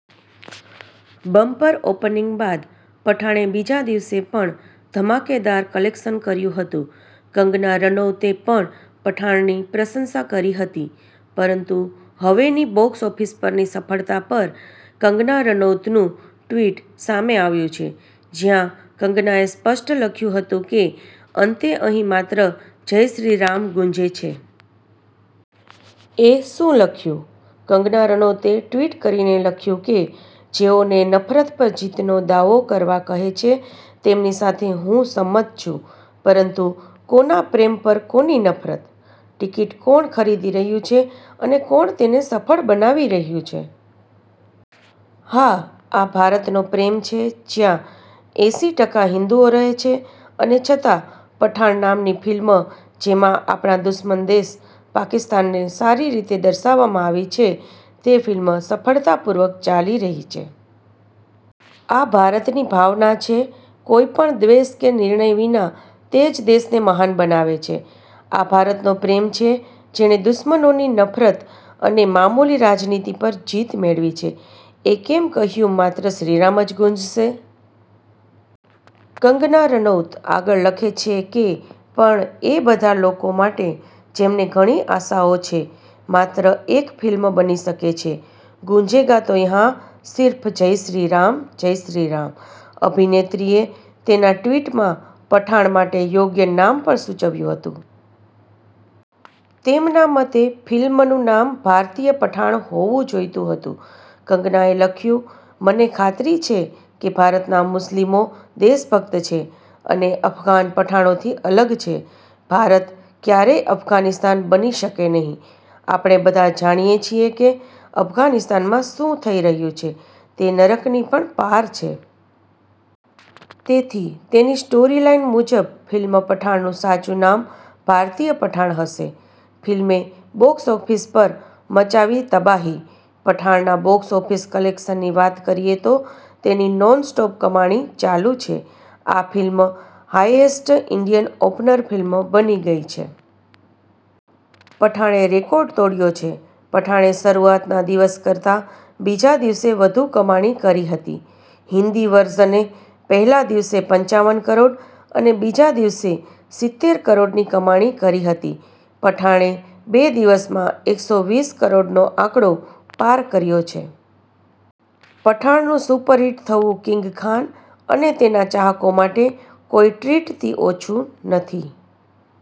Bumper opening બાદ પઠાણે બીજા દિવસે પણ ધમાકેદાર કલેક્શન કર્યું હતું. કંગના રનૌતે પણ પઠાણની પ્રશંસા કરી હતી. પરંતુ હવે ની બોક્સ ઓફિસ પરની સફળતા પર કંગના રનૌતનું ટ્વિટ સામે આવ્યું છે. જ્યાં કંગનાએ સ્પષ્ટ લખ્યું હતું કે અંતે અહીં માત્ર જય શ્રી રામ ગુંજે છે. એ શું લખ્યું? કંગના રનૌતે ટ્વીટ કરીને લખ્યું કે, જેઓ ને નફરત પર જીતનો દાવો કરવા કહે છે તેમની સાથે હું સંમત છું, પરંતુ કોના પ્રેમ પર કોની નફરત? ટિકિટ કોણ ખરીદી રહ્યું છે અને કોણ તેને સફળ બનાવી રહ્યું છે? હા, આ ભારતનો પ્રેમ છે, જ્યાં એસી ટકા હિંદુઓ રહે છે અને છતાં પઠાણ નામની ફિલ્મ, જેમાં આપણા દુશ્મન દેશ પાકિસ્તાન ને સારી રીતે દર્શાવવામાં આવી છે, તે ફિલ્મ સફળતાપૂર્વક ચાલી રહી છે. આ ભારતની ભાવના છે. કોઈપણ દ્વેષ કે નિર્ણય વિના તે જ દેશને મહાન બનાવે છે. આ ભારતનો પ્રેમ છે જેણે દુશ્મનોની નફરત અને મામૂલી રાજનીતિ પર જીત મેળવી છે. એ કેમ કહ્યું માત્ર શ્રીરામ જ ગુંજશે? કંગના રનૌત આગળ લખે છે કે પણ એ બધા લોકો માટે જેમને ઘણી આશાઓ છે માત્ર એક ફિલ્મ બની શકે છે ગુંજેગા તો યહાં સિર્ફ જય શ્રી રામ, જય શ્રી રામ. અભિનેત્રીએ તેના ટ્વીટમાં પઠાણ માટે યોગ્ય નામ પણ સૂચવ્યું હતું. તેમના મતે ફિલ્મનું નામ ભારતીય પઠાણ હોવું જોઈતું હતું. કંગનાએ લખ્યું, 'મને ખાતરી છે કે, ભારતના મુસ્લિમો દેશભક્ત છે અને અફઘાન પઠાણોથી અલગ છે. ભારત ક્યારેય અફઘાનિસ્તાન બની શકે નહીં. આપણે બધા જાણીએ છીએ કે અફઘાનિસ્તાનમાં શું થઈ રહ્યું છે, તે નરકની પણ પાર છે. તેથી તેની સ્ટોરીલાઇન મુજબ ફિલ્મ પઠાણનું સાચું નામ ભારતીય પઠાણ હશે.' ફિલ્મે બોક્સ ઓફિસ પર મચાવી તબાહી- પઠાણના બોક્સ ઓફિસ કલેક્શનની વાત કરીએ તો તેની નોનસ્ટોપ કમાણી ચાલુ છે. આ film highest Indian opener film બની ગઈ છે. પઠાણે રેકોર્ડ તોડ્યો છે. પઠાણે શરૂઆતના દિવસ કરતાં બીજા દિવસે વધુ કમાણી કરી હતી. હિન્દી વર્ઝને પહેલા દિવસે પંચાવન કરોડ અને બીજા દિવસે સિતેર કરોડની કમાણી કરી હતી. પઠાણે બે દિવસમાં એકસો વીસ કરોડનો આંકડો પાર કર્યો છે. પઠાણનું સુપરહિટ થવું કિંગ ખાન અને તેના ચાહકો માટે કોઈ ટ્રીટથી ઓછું નથી.